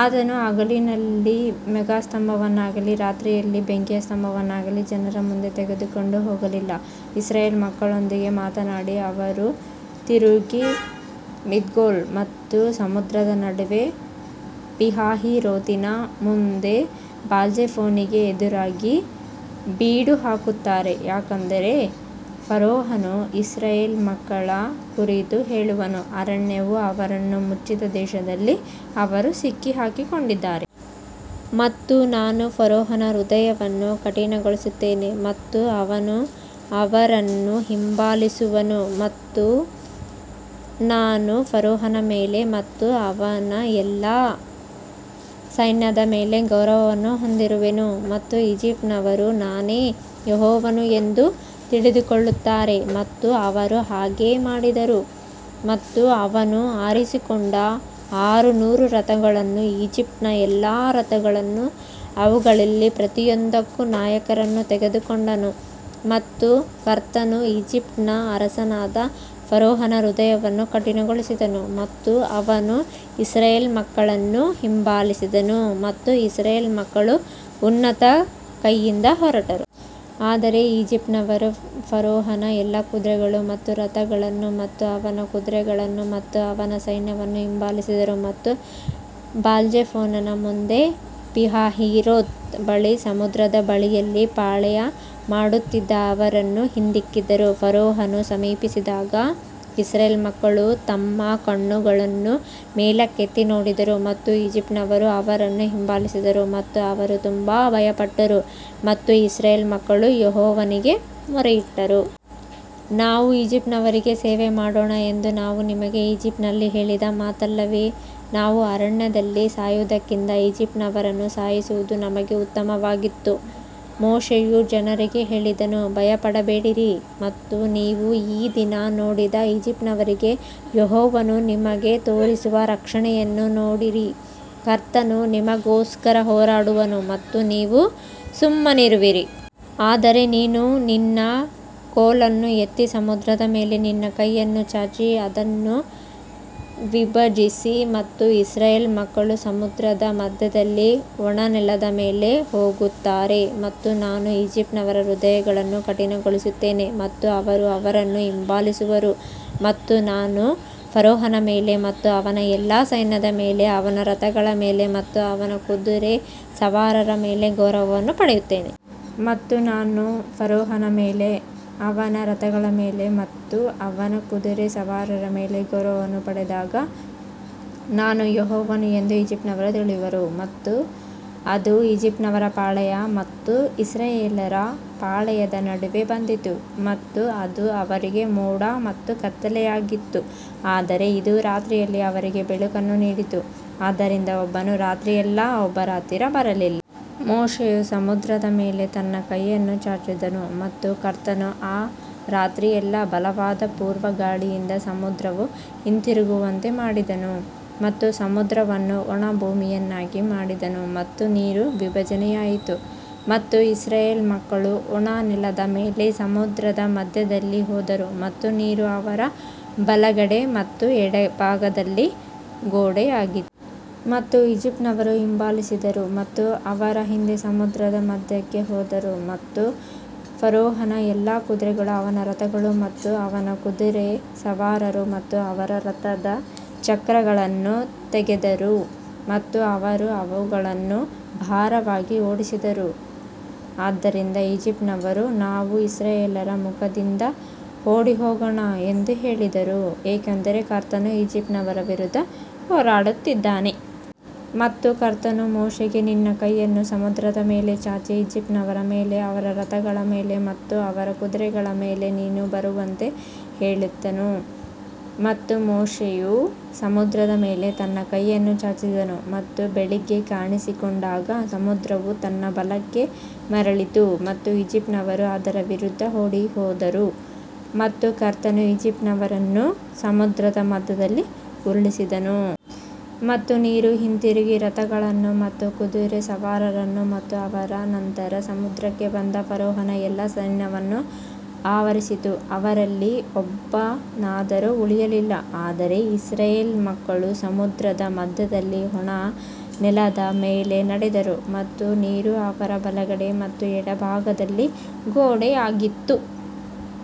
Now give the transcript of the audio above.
ಆತನು ಹಗಲಿನಲ್ಲಿ ಮೇಘಸ್ತಂಭವನ್ನಾಗಲಿ ರಾತ್ರಿಯಲ್ಲಿ ಬೆಂಕಿಯ ಸ್ತಂಭವನ್ನಾಗಲಿ ಜನರ ಮುಂದೆ ತೆಗೆದುಕೊಂಡು ಹೋಗಲಿಲ್ಲ. ಇಸ್ರಾಯೇಲ್ ಮಕ್ಕಳೊಂದಿಗೆ ಮಾತನಾಡಿ ಅವರು ತಿರುಗಿ ಮಿಗ್ದೋಲ್ ಮತ್ತು ಸಮುದ್ರದ ನಡುವೆ ಪಿಹಹೀರೋತಿನ ಮುಂದೆ ಬಾಲ್ಜೆಫೋನಿಗೆ ಎದುರಾಗಿ ಬೀಡು ಹಾಕುತ್ತಾರೆ. ಯಾಕಂದರೆ ಫರೋಹನು ಇಸ್ರಾಯೇಲ್ ಮಕ್ಕಳ ಕುರಿತು ಹೇಳುವನು ಅರಣ್ಯವು ಅವರನ್ನು ಮುಚ್ಚಿದ ದೇಶದಲ್ಲಿ ಅವರು ಸಿಕ್ಕಿಹಾಕಿಕೊಂಡಿದ್ದಾರೆ. ಮತ್ತು ನಾನು ಫರೋಹನ ಹೃದಯವನ್ನು ಕಠಿಣಗೊಳಿಸುತ್ತೇನೆ ಮತ್ತು ಅವನು ಅವರನ್ನು ಹಿಂಬಾಲಿಸುವನು ಮತ್ತು ನಾನು ಫರೋಹನ ಮೇಲೆ ಮತ್ತು ಅವನ ಎಲ್ಲಾ ಸೈನ್ಯದ ಮೇಲೆ ಗೌರವವನ್ನು ಹೊಂದುವೆನು ಮತ್ತು ಈಜಿಪ್ಟಿನವರು ನಾನೇ ಯೆಹೋವನು ಎಂದು ತಿಳಿದುಕೊಳ್ಳುತ್ತಾರೆ ಮತ್ತು ಅವರು ಹಾಗೆ ಮಾಡಿದರು. ಮತ್ತು ಅವನು ಆರಿಸಿಕೊಂಡ ಆರುನೂರು ರಥಗಳನ್ನೂ ಈಜಿಪ್ಟಿನ ಎಲ್ಲಾ ರಥಗಳನ್ನೂ ಅವುಗಳಲ್ಲಿ ಪ್ರತಿಯೊಂದಕ್ಕೂ ನಾಯಕರನ್ನು ತೆಗೆದುಕೊಂಡನು ಮತ್ತು ಕರ್ತನು ಈಜಿಪ್ಟಿನ ಅರಸನಾದ ಫರೋಹನ ಹೃದಯವನ್ನು ಕಠಿಣಗೊಳಿಸಿದನು ಮತ್ತು ಅವನು ಇಸ್ರಾಯೇಲ್ ಮಕ್ಕಳನ್ನು ಹಿಂಬಾಲಿಸಿದನು ಮತ್ತು ಇಸ್ರಾಯೇಲ್ ಮಕ್ಕಳು ಉನ್ನತ ಕೈಯಿಂದ ಹೊರಟರು. ಆದರೆ ಈಜಿಪ್ಟಿನವರು ಫರೋಹನ ಎಲ್ಲಾ ಕುದುರೆಗಳು ಮತ್ತು ರಥಗಳನ್ನು ಮತ್ತು ಅವನ ಕುದುರೆಗಳನ್ನು ಮತ್ತು ಅವನ ಸೈನ್ಯವನ್ನು ಹಿಂಬಾಲಿಸಿದರು ಮತ್ತು ಬಾಲ್ಜೆಫೋನನ ಮುಂದೆ ಪೀಹಹೀರೋತ್ ಬಳಿ ಸಮುದ್ರದ ಬಳಿಯಲ್ಲಿ ಪಾಳೆಯಮಾಡುತ್ತಿದ್ದ ಅವರನ್ನು ಹಿಂದಿಕ್ಕಿದರು. ಫರೋಹನು ಸಮೀಪಿಸಿದಾಗ ಇಸ್ರಾಯೇಲ್ ಮಕ್ಕಳು ತಮ್ಮ ಕಣ್ಣುಗಳನ್ನು ಮೇಲಕ್ಕೆತ್ತಿ ನೋಡಿದರು ಮತ್ತು ಈಜಿಪ್ಟಿನವರು ಅವರನ್ನು ಹಿಂಬಾಲಿಸಿದರು ಮತ್ತು ಅವರು ತುಂಬಾ ಭಯಪಟ್ಟರು ಮತ್ತು ಇಸ್ರಾಯೇಲ್ ಮಕ್ಕಳು ಯೆಹೋವನಿಗೆ ಮೊರೆಯಿಟ್ಟರು. ನಾವು ಈಜಿಪ್ಟಿನವರಿಗೆ ಸೇವೆ ಮಾಡೋಣ ಎಂದು ನಾವು ನಿಮಗೆ ಈಜಿಪ್ಟಿನಲ್ಲಿ ಹೇಳಿದ ಮಾತಲ್ಲವೇ. ನಾವು ಅರಣ್ಯದಲ್ಲಿ ಸಾಯುವುದಕ್ಕಿಂತ ಈಜಿಪ್ಟಿನವರನ್ನು ಸೇವಿಸುವುದು ನಮಗೆ ಉತ್ತಮವಾಗಿತ್ತು. ಮೋಶೆಯು ಜನರಿಗೆ ಹೇಳಿದನು ಭಯಪಡಬೇಡಿರಿ ಮತ್ತು ನೀವು ಈ ದಿನ ನೋಡಿದ ಈಜಿಪ್ಟಿನವರಿಗೆ ಯೆಹೋವನು ನಿಮಗೆ ತೋರಿಸುವ ರಕ್ಷಣೆಯನ್ನು ನೋಡಿರಿ. ಕರ್ತನು ನಿನಗೋಸ್ಕರ ಹೋರಾಡುವನು ಮತ್ತು ನೀವು ಸುಮ್ಮನಿರುವಿರಿ. ಆದರೆ ನೀನು ನಿನ್ನ ಕೋಲನ್ನು ಎತ್ತಿ ಸಮುದ್ರದ ಮೇಲೆ ನಿನ್ನ ಕೈಯನ್ನು ಚಾಚಿ ಅದನ್ನು ವಿಭಜಿಸು ಮತ್ತು ಇಸ್ರಾಯೇಲ್ ಮಕ್ಕಳು ಸಮುದ್ರದ ಮಧ್ಯದಲ್ಲಿ ಒಣ ನೆಲದ ಮೇಲೆ ಹೋಗುತ್ತಾರೆ. ಮತ್ತು ನಾನು ಈಜಿಪ್ಟಿನವರ ಹೃದಯಗಳನ್ನು ಕಠಿಣಗೊಳಿಸುತ್ತೇನೆ ಮತ್ತು ಅವರು ಅವರನ್ನು ಹಿಂಬಾಲಿಸುವರು ಮತ್ತು ನಾನು ಫರೋಹನ ಮೇಲೆ ಮತ್ತು ಅವನ ಎಲ್ಲಾ ಸೈನ್ಯದ ಮೇಲೆ ಅವನ ರಥಗಳ ಮೇಲೆ ಮತ್ತು ಅವನ ಕುದುರೆ ಸವಾರರ ಮೇಲೆ ಗೌರವವನ್ನು ಪಡೆಯುತ್ತೇನೆ. ಮತ್ತು ನಾನು ಫರೋಹನ ಮೇಲೆ ಅವನ ರಥಗಳ ಮೇಲೆ ಮತ್ತು ಅವನ ಕುದುರೆ ಸವಾರರ ಮೇಲೆ ಗೌರವವನ್ನು ಪಡೆದಾಗ ನಾನು ಯೆಹೋವನು ಎಂದು ಈಜಿಪ್ಟಿನವರು ತಿಳಿಯುವರು. ಮತ್ತು ಅದು ಈಜಿಪ್ಟಿನವರ ಪಾಳೆಯ ಮತ್ತು ಇಸ್ರಾಯೇಲ್ಯರ ಪಾಳೆಯದ ನಡುವೆ ಬಂದಿತು ಮತ್ತು ಅದು ಅವರಿಗೆ ಮೋಡ ಮತ್ತು ಕತ್ತಲೆಯಾಗಿತ್ತು ಆದರೆ ಇದು ರಾತ್ರಿಯಲ್ಲಿ ಅವರಿಗೆ ಬೆಳಕನ್ನು ನೀಡಿತು ಆದ್ದರಿಂದ ಒಬ್ಬನು ರಾತ್ರಿಯೆಲ್ಲಾ ಒಬ್ಬರ ಹತ್ತಿರ ಬರಲಿಲ್ಲ. ಮೋಶೆಯು ಸಮುದ್ರದ ಮೇಲೆ ತನ್ನ ಕೈಯನ್ನು ಚಾಚಿದನು ಮತ್ತು ಕರ್ತನು ಆ ರಾತ್ರಿಯೆಲ್ಲಾ ಬಲವಾದ ಪೂರ್ವ ಗಾಳಿಯಿಂದ ಸಮುದ್ರವು ಹಿಂತಿರುಗುವಂತೆ ಮಾಡಿದನು ಮತ್ತು ಸಮುದ್ರವನ್ನು ಒಣ ಭೂಮಿಯನ್ನಾಗಿ ಮಾಡಿದನು ಮತ್ತು ನೀರು ವಿಭಜನೆಯಾಯಿತು. ಮತ್ತು ಇಸ್ರಾಯೇಲ್ ಮಕ್ಕಳು ಒಣ ನೆಲದ ಮೇಲೆ ಸಮುದ್ರದ ಮಧ್ಯದಲ್ಲಿ ಹೋದರು ಮತ್ತು ನೀರು ಅವರ ಬಲಗಡೆ ಮತ್ತು ಎಡಭಾಗದಲ್ಲಿ ಗೋಡೆಯಾಗಿತ್ತು. ಮತ್ತು ಈಜಿಪ್ಟಿನವರು ಹಿಂಬಾಲಿಸಿದರು ಮತ್ತು ಅವರ ಹಿಂದೆ ಸಮುದ್ರದ ಮಧ್ಯಕ್ಕೆ ಹೋದರು ಮತ್ತು ಫರೋಹನ ಎಲ್ಲಾ ಕುದುರೆಗಳು ಅವನ ರಥಗಳು ಮತ್ತು ಅವನ ಕುದುರೆ ಸವಾರರು ಮತ್ತು ಅವರ ರಥದ ಚಕ್ರಗಳನ್ನು ತೆಗೆದರು ಮತ್ತು ಅವರು ಅವುಗಳನ್ನು ಭಾರವಾಗಿ ಓಡಿಸಿದರು. ಆದ್ದರಿಂದ ಈಜಿಪ್ಟಿನವರು ನಾವು ಇಸ್ರಾಯೇಲ್ಯರ ಮುಖದಿಂದ ಓಡಿಹೋಗೋಣ ಎಂದು ಹೇಳಿದರು ಏಕೆಂದರೆ ಕರ್ತನು ಈಜಿಪ್ಟಿನವರ ವಿರುದ್ಧ ಹೋರಾಡುತ್ತಿದ್ದಾನೆ. ಮತ್ತು ಕರ್ತನು ಮೋಶೆಗೆ ನಿನ್ನ ಕೈಯನ್ನು ಸಮುದ್ರದ ಮೇಲೆ ಚಾಚಿ ಈಜಿಪ್ಟಿನವರ ಮೇಲೆ ಅವರ ರಥಗಳ ಮೇಲೆ ಮತ್ತು ಅವರ ಕುದುರೆಗಳ ಮೇಲೆ ನೀರು ಬರುವಂತೆ ಹೇಳಿದನು. ಮತ್ತು ಮೋಶೆಯು ಸಮುದ್ರದ ಮೇಲೆ ತನ್ನ ಕೈಯನ್ನು ಚಾಚಿದನು ಮತ್ತು ಬೆಳಿಗ್ಗೆ ಕಾಣಿಸಿಕೊಂಡಾಗ ಸಮುದ್ರವು ತನ್ನ ಬಲಕ್ಕೆ ಮರಳಿತು ಮತ್ತು ಈಜಿಪ್ಟಿನವರು ಅದರ ವಿರುದ್ಧ ಓಡಿಹೋದರು ಮತ್ತು ಕರ್ತನು ಈಜಿಪ್ಟಿನವರನ್ನು ಸಮುದ್ರದ ಮಧ್ಯದಲ್ಲಿ ಉರುಳಿಸಿದನು. ಮತ್ತು ನೀರು ಹಿಂತಿರುಗಿ ರಥಗಳನ್ನು ಮತ್ತು ಕುದುರೆ ಸವಾರರನ್ನು ಮತ್ತು ಅವರ ನಂತರ ಸಮುದ್ರಕ್ಕೆ ಬಂದ ಫರೋಹನ ಎಲ್ಲಾ ಸೈನ್ಯವನ್ನು ಆವರಿಸಿತು ಅವರಲ್ಲಿ ಒಬ್ಬನಾದರೂ ಉಳಿಯಲಿಲ್ಲ. ಆದರೆ ಇಸ್ರಾಯೇಲ್ ಮಕ್ಕಳು ಸಮುದ್ರದ ಮಧ್ಯದಲ್ಲಿ ಒಣ ನೆಲದ ಮೇಲೆ ನಡೆದರು ಮತ್ತು ನೀರು ಅವರ ಬಲಗಡೆ ಮತ್ತು ಎಡಭಾಗದಲ್ಲಿ ಗೋಡೆಯಾಗಿತ್ತು.